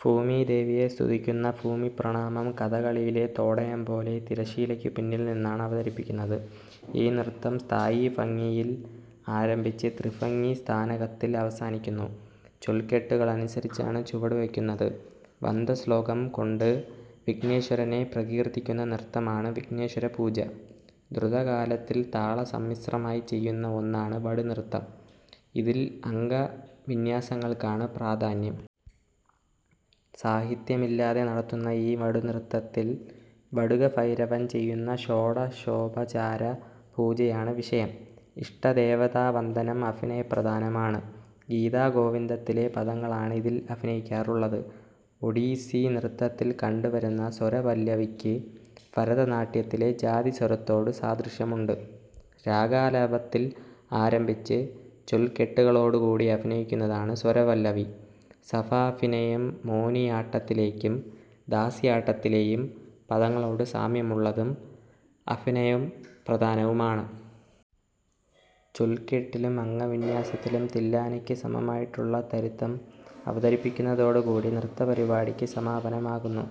ഭൂമിദേവിയെ സ്തുതിക്കുന്ന ഭൂമിപ്രണാമം കഥകളിയിലെ തോടയം പോലെ തിരശീലയ്ക്കു പിന്നിൽ നിന്നാണ് അവതരിപ്പിക്കുന്നത്. ഈ നൃത്തം സ്ഥായിഭംഗിയിൽ ആരഭിച്ച് ത്രിഭംഗി സ്ഥാനകത്തിൽ അവസാനിക്കുന്നു. ചൊൽക്കെട്ടുകൾ അനുസരിച്ചാണ് ചുവടുവയ്ക്കുന്നത്. വന്ദശ്ലൊകം കൊണ്ട് വിഘ്നേശ്വരനെ പ്രകീർത്തിക്കുന്ന നൃത്തമാണ് വിഘ്നേശ്വരപൂജ. ദ്രുതകാലത്തിൽ താളസമ്മിശ്രമായി ചെയ്യുന്ന ഒന്നാണ് വടുനൃത്തം. ഇതിൽ അംഗവിന്യാസങ്ങൾക്കാണ് പ്രാധാന്യം. സാഹിത്യമില്ലാതെ നടത്തുന്ന ഈ വടുനൃത്തത്തിൽ വടുകഭൈരവൻ ചെയ്യുന്ന ഷോഡശോപചാര പൂജയാണ് വിഷയം. ഇഷ്ടദേവതാവന്ദനം അഭിനയപ്രധാനമാണ്. ഗീതഗോവിന്ദത്തിലെ പദങ്ങളാണ് ഇതിൽ അഭിനയിക്കാറുള്ളത്. ഒഡീസി നൃത്തത്തിൽ കണ്ടുവരുന്ന സ്വരപല്ലവിക്ക് ഭരതനാട്യത്തിലെ ജാതിസ്വരത്തോടു സാദൃശ്യമുണ്ട്. രാഗാലാപത്തിൽ ആരംഭിച്ച് ചൊൽക്കെട്ടുകളോടുകൂടി അഭിനയിക്കുന്നതാണ് സ്വരപല്ലവി. സഭാഭിനയം മോനിയാട്ടത്തിലേക്കും ദാസിയാട്ടത്തിലെയും പദങ്ങളോട് സാമ്യമുള്ളതും അഭിനയം പ്രധാനവുമാണ്. ചൊൽക്കെട്ടിലും അംഗവിന്യാസത്തിലും തില്ലാനയ്ക്കു സമമായിട്ടുള്ള തരിധം അവതരിപ്പിക്കുന്നതോടുകൂടി നൃത്തപരിപാടിക്ക് സമാപനമാകുന്നു.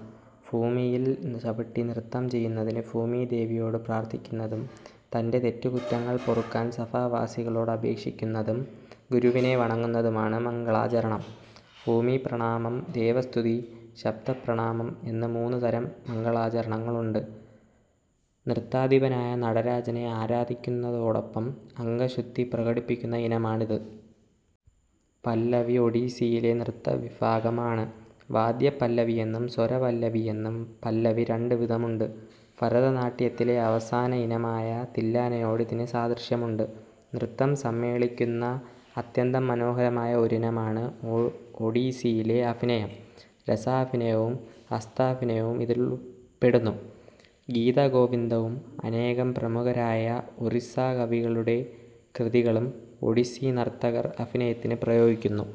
ഭൂമിയിൽ ചവിട്ടി നൃത്തം ചെയ്യുന്നതിനു ഭൂമിദേവിയോട് പ്രാർത്ഥിക്കുന്നതും തന്റെ തെറ്റുകുറ്റങ്ങൾ പൊറുക്കാൻ സഭാവാസികളോട് അപേക്ഷിക്കുന്നതും, ഗുരുവിനെ വണങ്ങുന്നതുമാണ് "മംഗളാചരണം". ഭൂമിപ്രണാമം, ദേവസ്തുതി, ശബ്ദപ്രണാമം, എന്ന മൂന്നു തരം മംഗളാചരണങ്ങൾ ഉണ്ട്. നൃത്താധിപനായ നടരാജനെ ആരാധിക്കുന്നതോടൊപ്പം അംഗശുദ്ധി പ്രകടിപ്പിക്കുന്ന ഇനമാണ് ഇത്. പല്ലവി" ഒഡിസ്സിയിലെ നൃത്തവിഭാഗമാണ്. വാദ്യപല്ലവിയെന്നും, സ്വരപല്ലവിയെന്നും പല്ലവി രണ്ട് വിധം ഉണ്ട്. ഭരതനാട്യത്തിലെ അവസാന ഇനമായ തില്ലാനയോട് ഇതിനു സാദൃശ്യമുണ്ട്. നൃത്തം സമ്മേളിക്കുന്ന അത്യന്തം മനോഹരമായ ഒരിനമാണ് ഒ ഒഡിസ്സിയിലെ "അഭിനയം". രസാഭിനയവും ഹസ്താഭിനയവും ഇതിൽപെടുന്നു. ഗീതാഗോവിന്ദവും, അനേകം പ്രമുഖരായ ഒറിസ്സാകവികളുടെ കൃതികളും ഒഡിസ്സി നർത്തകർ അഭിനയത്തിനു പ്രയോഗിക്കുന്നു.